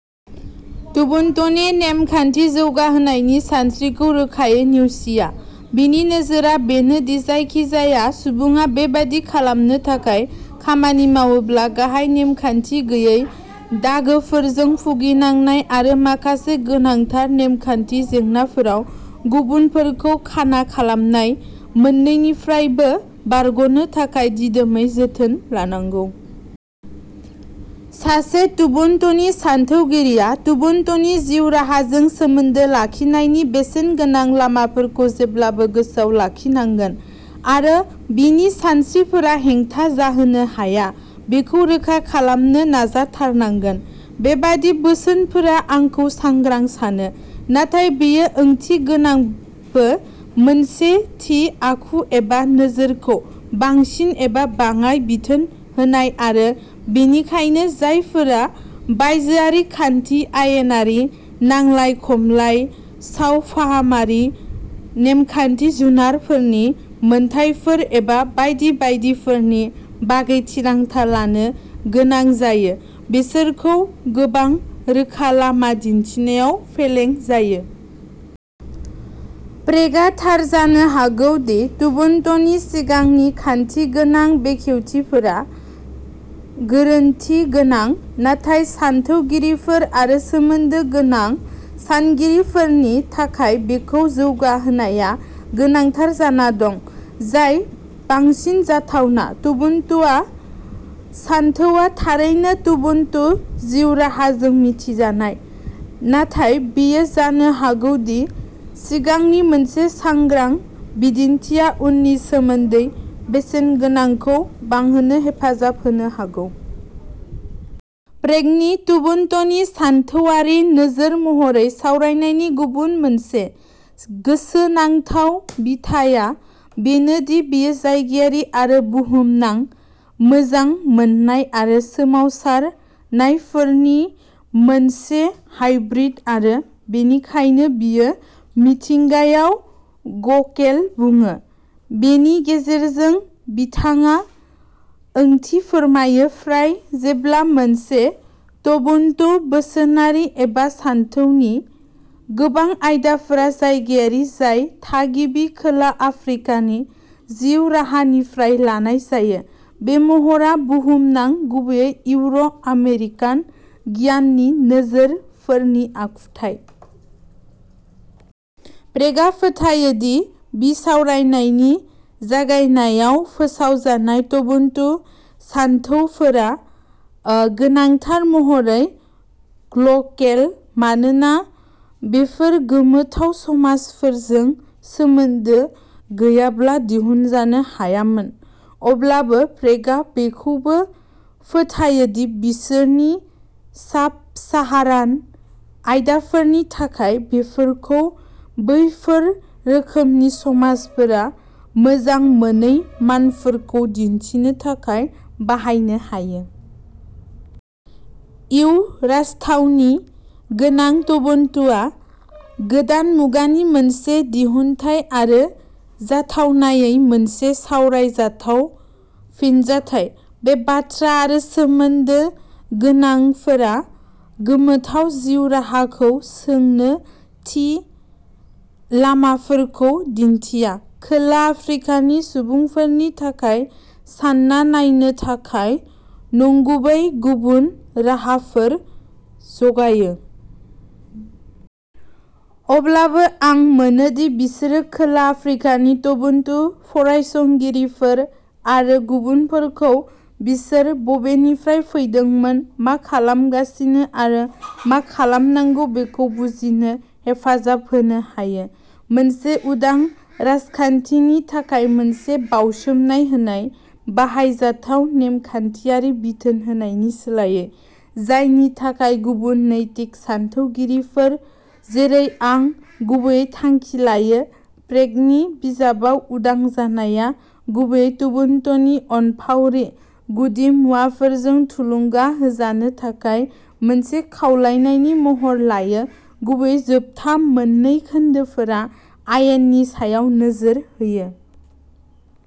तबुन्टुनि नेम खान्थि जौगाहोनायनि सानस्रिखौ रोखायै नेवसिया। बिनि नोजोरआ बेनो दि जायखिजाया सुबुङा बेबादि खालामनो थाखाय खामानि मावोब्ला गाहाय नेमखान्थि गैयै दागोफोरजों भुगिनांनाय आरो माखासे गोनांथार नेमखान्थि जेंनाफोराव गुबुनफोरखौ खाना खालामनाय मोननैनिफ्रायबो बारग'नो थाखाय दिदोमै जोथोन लानांगौ। सासे तबुन्टुनि सानथौगिरिया तबुन्टुनि जिउ राहाजों सोमोन्दो लाखिनायनि बेसेनगोनां लामाफोरखौ जेब्लाबो गोसोआव लाखिनांगोन आरो बिनि सानस्रिफोरा हेंथा जाहोनो हाया बेखौ रोखा खालामनो नाजाथारनांगोन। बेबादि बोसोनफोरा आंखौ सांग्रां सानो। नाथाय बेयो ओंथिगोनांबो, मोनसे थि आखु एबा नोजोरखौ बांसिन एबा बाङाय बिथोन होनाय आरो बेनिखायनो जायफोरा बायजोआरि खान्थि, आयेनारि नांलाय खमलाय, सावफाहामारि नेमखान्थि, जुनारफोरनि मोनथायफोर एबा बायदि बायदिफोरनि बागै थिरांथा लानो गोनां जायो, बिसोरखौ गोबां रोखा लामा दिन्थिनायाव फेलें जायो। प्रेगआ थार जानो हागौ दि तबुन्टुनि सिगांनि खान्थिगोनां बेखेवथिफोरा गोरोन्थि गोनां, नाथाय सानथौगिरिफोर आरो सोमोन्दो गोनां सानगिरिफोरनि थाखाय बेखौ जौगाहोनाया गोनांथार जाना दं जाय बांसिन जाथावना। तबुन्टुआ सानथौआ थारैनो तबुन्टु जिउ-राहाजों मिथिजानाय, नाथाय बेयो जानो हागौ दि सिगांनि मोनसे सांग्रा बिदिन्थिआ उननि सोमोन्दै बेसेनगोनांखौ बांहोनो हेफाजाब होनो हागौ। प्रेगनि तबुन्टुनि सानथौआरि नोजोर महरै सावरायनायनि गुबुन मोनसे गोसोनांथाव बिथिंआ बेनो दि बेयो जायगायारि आरो बुहुमनां मोजां मोननाय आरो सोमावसारनायफोरनि मोनसे हाइब्रिद आरो बेनिखायनो बियो मिथिंगायाव "ग्ल'केल" बुङो। बेनि गेजेरजों बिथाङा ओंथि फोरमायो, फ्राय जेब्ला मोनसे तबुन्टु बोसोनारि एबा सानथौनि गोबां आयदाफोरा जायगायारि, जाय थागिबि खोला आफ्रिकानि जिउ-राहानिफ्राय लानाय जायो, बे महरआ बुहुमनां, गुबैयै इउर' आमेरिकान गियाननि नोजोरफोरनि आखुथाय। प्रेगआ फोथायो दि बे बिसावरायनायनि जागायनायाव फोसाव जानाय तबुन्टु सानथौफोरा गोनांथार महरै ग्ल'केल मानोना बेफोर गोमोथाव समाजफोरजों सोमोन्दो गैयाब्ला दिहुनजानो हायामोन। अब्लाबो प्रेगआ बेखौबो फोथायो दि, बिसोरनि साब-साहारान आयदाफोरनि थाखाय, बेफोरखौ बैफोर रोखोमनि समाजफोरा मोजां मोनै मानफोरखौ दिन्थिनो थाखाय बाहायनो हायो। "इउ" राजथावनि गोनां तबुन्टु गोदान मुगानि मोनसे दिहुनथाय आरो जाथावनायै मोनसे सावरायजाथाव फिनजाथाय। बे बाथ्रा आरो सोमोन्दो गोनांफोरा गोमोथाव जिउ राहाखौ सोंनो थि लामाफोरखौ दिन्थिया, खोला आफ्रिकानि सुबुंफोरनि थाखाय सानना नायनो थाखाय नंगुबै गुबुन राहाफोर जगायो। अब्लाबो, आं मोनो दि बिसोरो खोला आफ्रिकानि तबुन्टु फरायसंगिरिफोर आरो गुबुनफोरखौ बिसोर बबेनिफ्राय फैदोंमोन, मा खालामगासिनो आरो मा खालामनांगौ बेखौ बुजिनो हेफाजाब होनो हायो मोनसे उदां राजखान्थिनि थाखाय मोनसे बाउसोमनाय होनाय। बाहायजाथाव, नेमखान्थिारि बिथोन होनायनि सोलायै, जायनि थाखाय गुबुन नैतिक सानथौगिरिफोर, जेरै आं, गुबैयै थांखि लायो, प्रेगनि बिजाबाव उदां जानाया गुबैयै तबुन्टुनि अनफावरि गुदिमुवाफोरजों थुलुंगा होजानो थाखाय मोनसे खावलायनायनि महर लायो। गुबैयै, जोबथा मोन्नै खोन्दोफोरा आयेननि सायाव नोजोर होयो।